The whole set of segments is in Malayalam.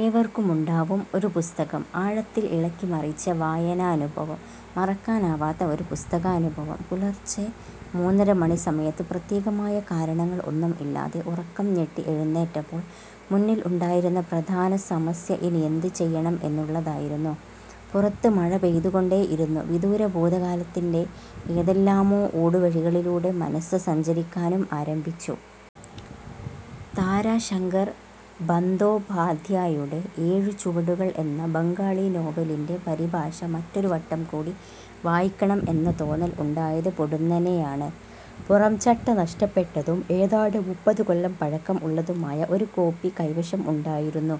ഏവർക്കുമുണ്ടാവും ഒരു പുസ്തകം. ആഴത്തില്‍ ഇളക്കി മറിച്ച വായനാനുഭവം. മറക്കാനാവാത്ത ഒരു പുസ്തകാനുഭവം. പുലര്‍ച്ചെ മൂന്നര മണി സമയത്ത് പ്രത്യേകമായ കാരണങ്ങള്‍ ഒന്നും ഇല്ലാതെ ഉറക്കം ഞെട്ടി എഴുന്നേറ്റപ്പോള്‍ മുന്നില്‍ ഉണ്ടായിരുന്ന പ്രധാന സമസ്യ ഇനിയെന്ത് ചെയ്യണം എന്നുള്ളതായിരുന്നു. പുറത്ത് മഴ പെയ്തുകൊണ്ടേ ഇരുന്നു. വിദൂര ഭൂതകാലത്തിന്‍റെ ഏതെല്ലാമോ ഊടുവഴികളിലൂടെ മനസ്സ് സഞ്ചരിക്കാനും ആരംഭിച്ചു. താരാശങ്കർ ബന്ധോപാധ്യായുടെ ' ഏഴു ചുവടുകള്‍ ' എന്ന ബംഗാളി നോവലിന്‍റെ പരിഭാഷ മറ്റൊരു വട്ടം കൂടി വായിക്കണം എന്ന തോന്നല്‍ ഉണ്ടായത് പൊടുന്നനെയാണ്. പുറം ചട്ട നഷ്ടപ്പെട്ടതും ഏതാണ്ട് മുപ്പത് കൊല്ലം പഴക്കം ഉള്ളതുമായ ഒരു കോപ്പി കൈവശം ഉണ്ടായിരുന്നു.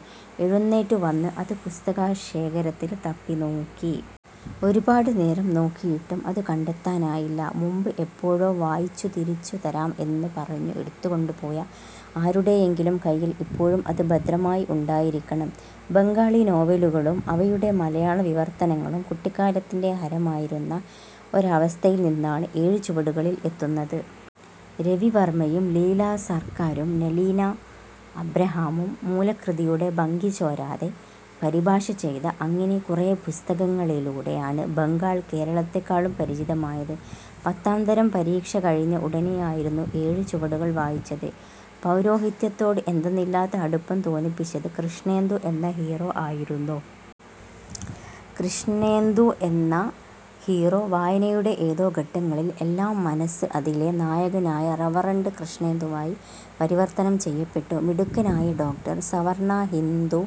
എഴുന്നേറ്റ് വന്ന് അത് പുസ്തക ശേഖരത്തില് തപ്പി നോക്കി. ഒരുപാട് നേരം നോക്കിയിട്ടും അത് കണ്ടെത്താനായില്ല. മുമ്പ് എപ്പോഴോ വായിച്ചു തിരിച്ചു തരാം എന്ന് പറഞ്ഞു എടുത്തുകൊണ്ടു പോയ ആരുടെയെങ്കിലും കയ്യില്‍ ഇപ്പോഴും അത് ഭദ്രമായി ഉണ്ടായിരിക്കണം. ബംഗാളി നോവലുകളും അവയുടെ മലയാള വിവര്‍ത്തനങ്ങളും കുട്ടിക്കാലത്തിന്‍റെ ഹരമായിരുന്ന ഒരവസ്ഥയിൽ നിന്നാണ് ' ഏഴു ചുവടുകളില്‍' എത്തുന്നത്. രവിവര്‍മ്മയും ലീലാ സര്‍ക്കാരും നിലീന അബ്രഹാമും മൂല കൃതിയുടെ ഭംഗി ചോരാതെ പരിഭാഷ ചെയ്ത അങ്ങിനെ കുറെ പുസ്തകങ്ങളിലൂടെയാണ് ബംഗാള്‍ കേരളത്തെക്കാളും പരിചിതമായത്. പത്താം തരം പരീക്ഷ കഴിഞ്ഞ ഉടനെയായിരുന്നു ഏഴു ചുവടുകള്‍ വായിച്ചത്. പൗരോഹിത്യത്തോട് എന്തെന്നില്ലാത്ത അടുപ്പം തോന്നിപ്പിച്ചത് കൃഷ്ണേന്ദു എന്ന ഹീറോ ആയിരുന്നു. കൃഷ്ണേന്ദു എന്ന ഹീറോ വായനയുടെ ഏതോ ഘട്ടങ്ങളില്‍ എല്ലാം മനസ്സ് അതിലെ നായകനായ റവറണ്ട് കൃഷ്ണേന്ദുവായി പരിവര്‍ത്തനം ചെയ്യപ്പെട്ടു. മിടുക്കനായ ഡോക്ടര്‍. സവർണ ഹിന്ദു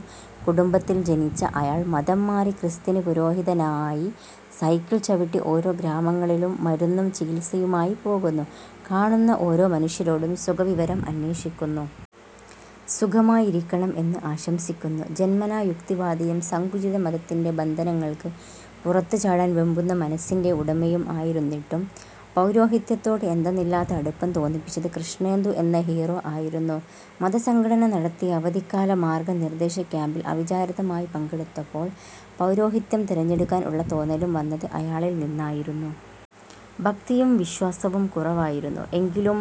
കുടുംബത്തില്‍ ജനിച്ച അയാള്‍ മതം മാറി ക്രിസ്ത്യന് പുരോഹിതനായി സൈക്കിള്‍ ചവിട്ടി ഓരോ ഗ്രാമങ്ങളിലും മരുന്നും ചികിത്സയുമായി പോകുന്നു. കാണുന്ന ഓരോ മനുഷ്യരോടും സുഖവിവരം അന്വേഷിക്കുന്നു. സുഖമായിരിക്കണം എന്ന് ആശംസിക്കുന്നു. ജന്മനാ യുക്തിവാദിയും സങ്കുചിത മതത്തിന്‍റെ ബന്ധനങ്ങള്‍ക്ക് പുറത്ത് ചാടാന്‍ വെമ്പുന്ന മനസ്സിന്‍റെ ഉടമയും ആയിരുന്നിട്ടും പൗരോഹിത്യത്തോട് എന്തെന്നില്ലാത്ത അടുപ്പം തോന്നിപ്പിച്ചത് കൃഷ്ണേന്ദു എന്ന ഹീറോ ആയിരുന്നു. മതസംഘടന നടത്തിയ അവധിക്കാല മാര്‍ഗ നിര്‍ദേശ ക്യാമ്പില്‍ അവിചാരിതമായി പങ്കെടുത്തപ്പോള്‍ പൗരോഹിത്യം തെരഞ്ഞെടുക്കാന്‍ ഉള്ള തോന്നലും വന്നത് അയാളില്‍ നിന്നായിരുന്നു. ഭക്തിയും വിശ്വാസവും കുറവായിരുന്നു എങ്കിലും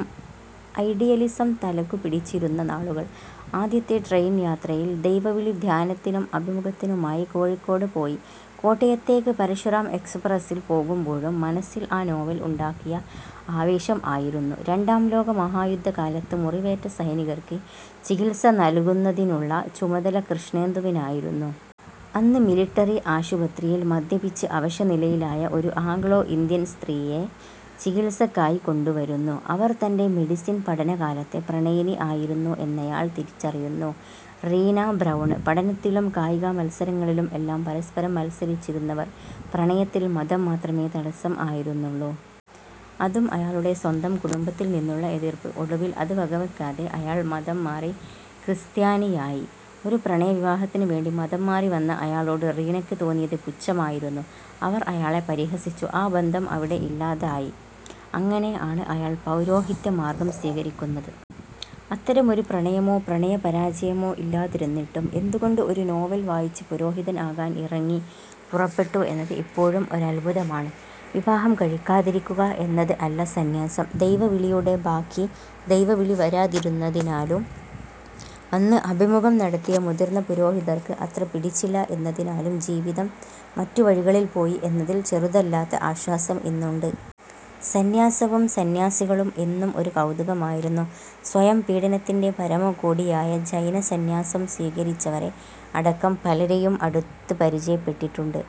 ഐഡിയലിസം തലയ്ക്കു പിടിച്ചിരുന്ന നാളുകള്‍. ആദ്യത്തെ ട്രെയിൻ യാത്രയില്‍ ദൈവവിളി ധ്യാനത്തിനും അഭിമുഖത്തിനുമായി കോഴിക്കോട് പോയി കോട്ടയത്തേക്ക് പരശുറാം എക്സ്പ്രസ്സില്‍ പോകുമ്പോഴും മനസ്സില്‍ ആ നോവല്‍ ഉണ്ടാക്കിയ ആവേശം ആയിരുന്നു. രണ്ടാം ലോക മഹായുദ്ധ കാലത്ത് മുറിവേറ്റ സൈനികർക്ക് ചികിത്സ നല്കുന്നത്തിനുള്ള ചുമതല കൃഷ്ണേന്ദുവിനായിരുന്നു. അന്ന് മിലിട്ടറി ആശുപത്രിയില്‍ മദ്യപിച്ച് അവശ നിലയിലായ ഒരു ആഗ്ലോ ഇന്ത്യൻ സ്ത്രീയെ ചികിത്സയ്ക്കായി കൊണ്ട് വരുന്നു. അവര്‍ തന്‍റെ മെഡിസിൻ പഠന കാലത്തെ പ്രണയിനി ആയിരുന്നു എന്നയാള്‍ തിരിച്ചറിയുന്നു: റീനാ ബ്രൌണ്. പഠനത്തിലും കായിക മത്സരങ്ങളിലും എല്ലാം പരസ്പരം മത്സരിച്ചിരുന്നവർ. പ്രണയത്തില്‍ മതം മാത്രമേ തടസം ആയിരുന്നുള്ളു. അതും അയാളുടെ സ്വന്തം കുടുംബത്തില്‍ നിന്നുള്ള എതിര്‍പ്പ്. ഒടുവില്‍ അത് വകവയ്ക്കാതെ അയാള്‍ മതം മാറി ക്രിസ്ത്യാനിയായി. ഒരു പ്രണയ വിവാഹത്തിന് വേണ്ടി മതം മാറി വന്ന അയാളോട് റീനയ്ക്ക് തോന്നിയത് പുച്ഛമായിരുന്നു. അവര്‍ അയാളെ പരിഹസിച്ചു. ആ ബന്ധം അവിടെ ഇല്ലാതായി. അങ്ങനെ ആണ് അയാള്‍ പൗരോഹിത്യ മാര്‍ഗം സ്വീകരിക്കുന്നത്. അത്തരമൊരു പ്രണയമോ പ്രണയ പരാജയമോ ഇല്ലാതിരുന്നിട്ടും എന്ത് കൊണ്ട് ഒരു നോവല്‍ വായിച്ച് പുരോഹിതൻ ആകാന്‍ ഇറങ്ങി പുറപ്പെട്ടു എന്നത് ഇപ്പോഴും ഒരത്ഭുതമാണ്. വിവാഹം കഴിക്കാതിരിക്കുക എന്നത് അല്ല സന്യാസം. ദൈവവിളിയുടെ ബാക്കി ദൈവവിളി വരാതിരുന്നതിനാലും അന്ന് അഭിമുഖം നടത്തിയ മുതിര്‍ന്ന പുരോഹിതര്‍ക്ക് അത്ര പിടിച്ചില്ല എന്നതിനാലും ജീവിതം മറ്റു വഴികളില്‍ പോയി എന്നതില്‍ ചെറുതല്ലാത്ത ആശ്വാസം ഇന്നുണ്ട്. സന്യാസവും സന്യാസികളും എന്നും ഒരു കൗതുകമായിരുന്നു. സ്വയം പീഡനത്തിന്‍റെ പരമ കോടിയായ ജൈന സന്യാസം സ്വീകരിച്ചവരെ അടക്കം പലരെയും അടുത്ത് പരിചയപ്പെട്ടിട്ടുണ്ട്.